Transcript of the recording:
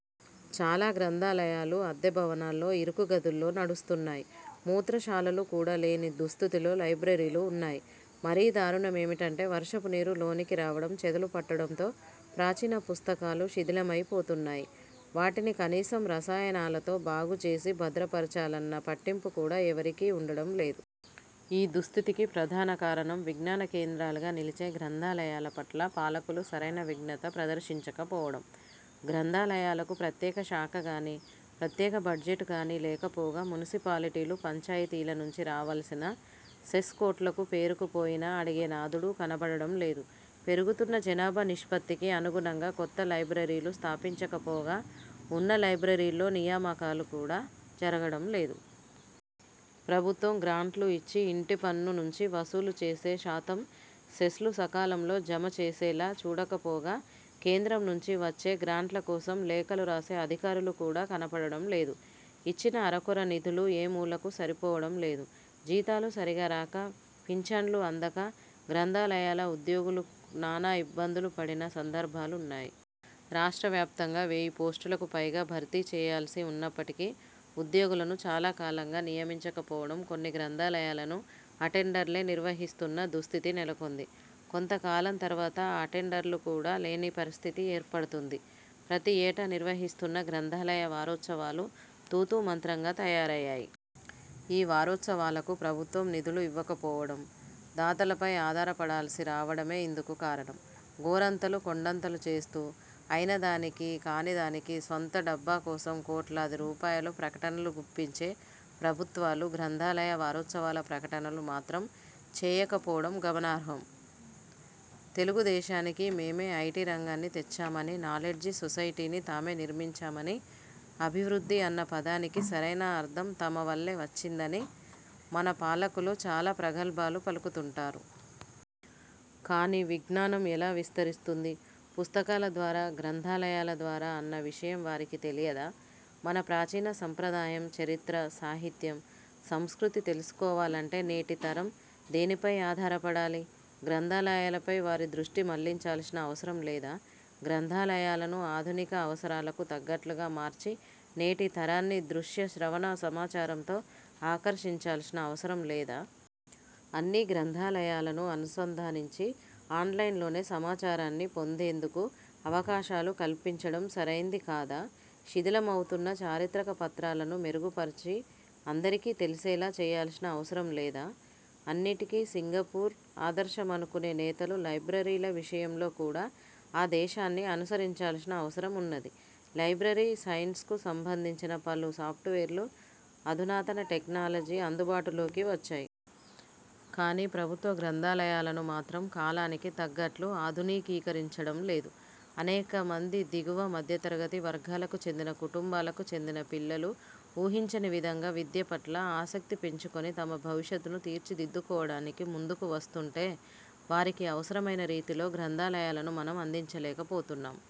చాలా గ్రంథాలయాలు అద్దె భవనాల్లో, ఇరుకు గదుల్లో నడుస్తున్నాయి. మూత్రశాలలు కూడా లేని దుస్థితిలో లైబ్రరీలు ఉన్నాయి. మరీ దారుణమేమంటే వర్షపు నీరు లోనికి రావడం, చెదలు పట్టడంతో ప్రాచీన పుస్తకాలు శిథిలమయి పోతున్నాయి. వాటిని కనీసం రసాయనాలతో బాగు చేసి భద్రపరచాలన్న పట్టింపు కూడా ఎవరికీ ఉండడం లేదు. ఈ దుస్థితికి ప్రధాన కారణం విజ్ఞాన కేంద్రాలుగా నిలిచే గ్రంథాలయాల పట్ల పాలకులు సరైన విజ్ఞత ప్రదర్శించకపోవడం. గ్రంథాలయాలకు ప్రత్యేక శాఖ కానీ, ప్రత్యేక బడ్జెట్ కానీ లేకపోగా, మునిసిపాలిటీలు, పంచాయతీల నుంచి రావల్సిన సెస్ కోట్లకు పేరుకుపోయినా అడిగే నాథుడు కనపడడం లేదు. పెరుగుతున్న జనాభా నిష్పత్తికి అనుగుణంగా కొత్త లైబ్రరీలు స్థాపించకపోగా ఉన్న లైబ్రరీల్లో నియామకాలుకూడా జరగడం లేదు. ప్రభుత్వం గ్రాంట్లు ఇచ్చి, ఇంటిపన్ను నుంచి వసూలు చేసే శాతం సెస్లు సకాలంలో జమచేసేలా చూడకపోగా, కేంద్రం నుంచి వచ్చే గ్రాంట్ల కోసం లేఖలు రాసే అధికారులు కూడా కనపడడం లేదు. వచ్చిన అరకొర నిధులు ఏమూలకూ సరిపోవడం లేదు. జీతాలు సరిగా రాక, పింఛన్లు అందక గ్రంథాలయాల ఉద్యోగులు నానా ఇబ్బందులు పడిన సందర్భాలున్నాయి. రాష్ట్ర వ్యాప్తంగా వేయి పోస్టులకు పైగా భర్తీ చేయాల్సి ఉన్నప్పటికీ ఉద్యోగులను చాలా కాలంగా నియమించకపోవడం కొన్ని గ్రంథాలయాలను అటెండర్లే నిర్వహిస్తున్న దుస్థితి నెలకొంది. కొంతకాలం తర్వాత ఆ అటెండర్లు కూడా లేని పరిస్థితి ఏర్పడుతుంది. ప్రతి ఏటా నిర్వహిస్తున్న గ్రంథాలయ వారోత్సవాలు తూతూ మంత్రంగా తయారయ్యాయి. ఈ వారోత్సవాలకు ప్రభుత్వం నిధులు ఇవ్వకపోవడం, దాతలపై ఆధారపడాల్సి రావడమే ఇందుకు కారణం. గోరంతలు కొండంతలు చేస్తూ అయిన దానికీ కాని దానికీ స్వంత డబ్బా కోసం కోట్లాది రూపాయలు ప్రకటనలు గుప్పించే ప్రభుత్వాలు గ్రంథాలయ వారోత్సవాల ప్రకటనలు మాత్రం చేయకపోవడం గమనార్హం. తెలుగుదేశానికి మేమే ఐటీ రంగాన్ని తెచ్చామని, నాలెడ్జి సొసైటీని తామే నిర్మించామని, అభివృద్ధి అన్న పదానికి సరైన అర్థం తమ వల్లే వచ్చిందని మన పాలకులు చాలా ప్రగల్భాలు పలుకుతుంటారు. కాని విజ్ఞానం ఎలా విస్తరిస్తుంది? పుస్తకాల ద్వారా, గ్రంథాలయాల ద్వారా అన్న విషయం వారికి తెలియదా? మన ప్రాచీన సంప్రదాయం, చరిత్ర, సాహిత్యం, సంస్కృతి తెలుసుకోవాలంటే నేటి తరం దేనిపై ఆధారపడాలి? గ్రంథాలయాలపై వారి దృష్టి మళ్లించాల్సిన అవసరం లేదా? గ్రంథాలయాలను అధునిక అవసరాలకు తగ్గట్లుగా మార్చి నేటి తరాన్ని దృశ్య శ్రవణ సమాచారంతో ఆకర్షించాల్సిన అవసరం లేదా? అన్ని గ్రంథాలయాలను అనుసంధానించి, ఆన్లైన్లోనే సమాచారాన్ని పొందేందుకు అవకాశాలు కల్పించడం సరైంది కాదా? శిథిలమవుతున్న చారిత్రక పత్రాలను మెరుగుపరిచి అందరికీ తెలిసేలా చేయాల్సిన అవసరం లేదా? అన్నిటికీ సింగపూర్ ఆదర్శమనుకునే నేతలు లైబ్రరీల విషయంలో కూడా ఆ దేశాన్ని అనుకరించాల్సిన అవసరం ఉన్నది. లైబ్రరీ సైన్స్కు సంబంధించిన పలు సాఫ్ట్వేర్లు, అధునాతన టెక్నాలజీ అందుబాటులోకి వచ్చాయి. కాని ప్రభుత్వ గ్రంథాలయాలను మాత్రం కాలానికి తగ్గట్లు ఆధునికీకరించడం లేదు. అనేక మంది దిగువ, మధ్యతరగతి వర్గాలకు చెందిన కుటుంబాలకు చెందిన పిల్లలు ఊహించని విధంగా విద్యపట్ల ఆసక్తి పెంచుకుని తమ భవిష్యత్ను తీర్చిదిద్దుకోవడానికి ముందుకు వస్తుంటే వారికి అవసరమైన రీతిలో గ్రంథాలయాలను మనం అందించలేకపోతున్నాం.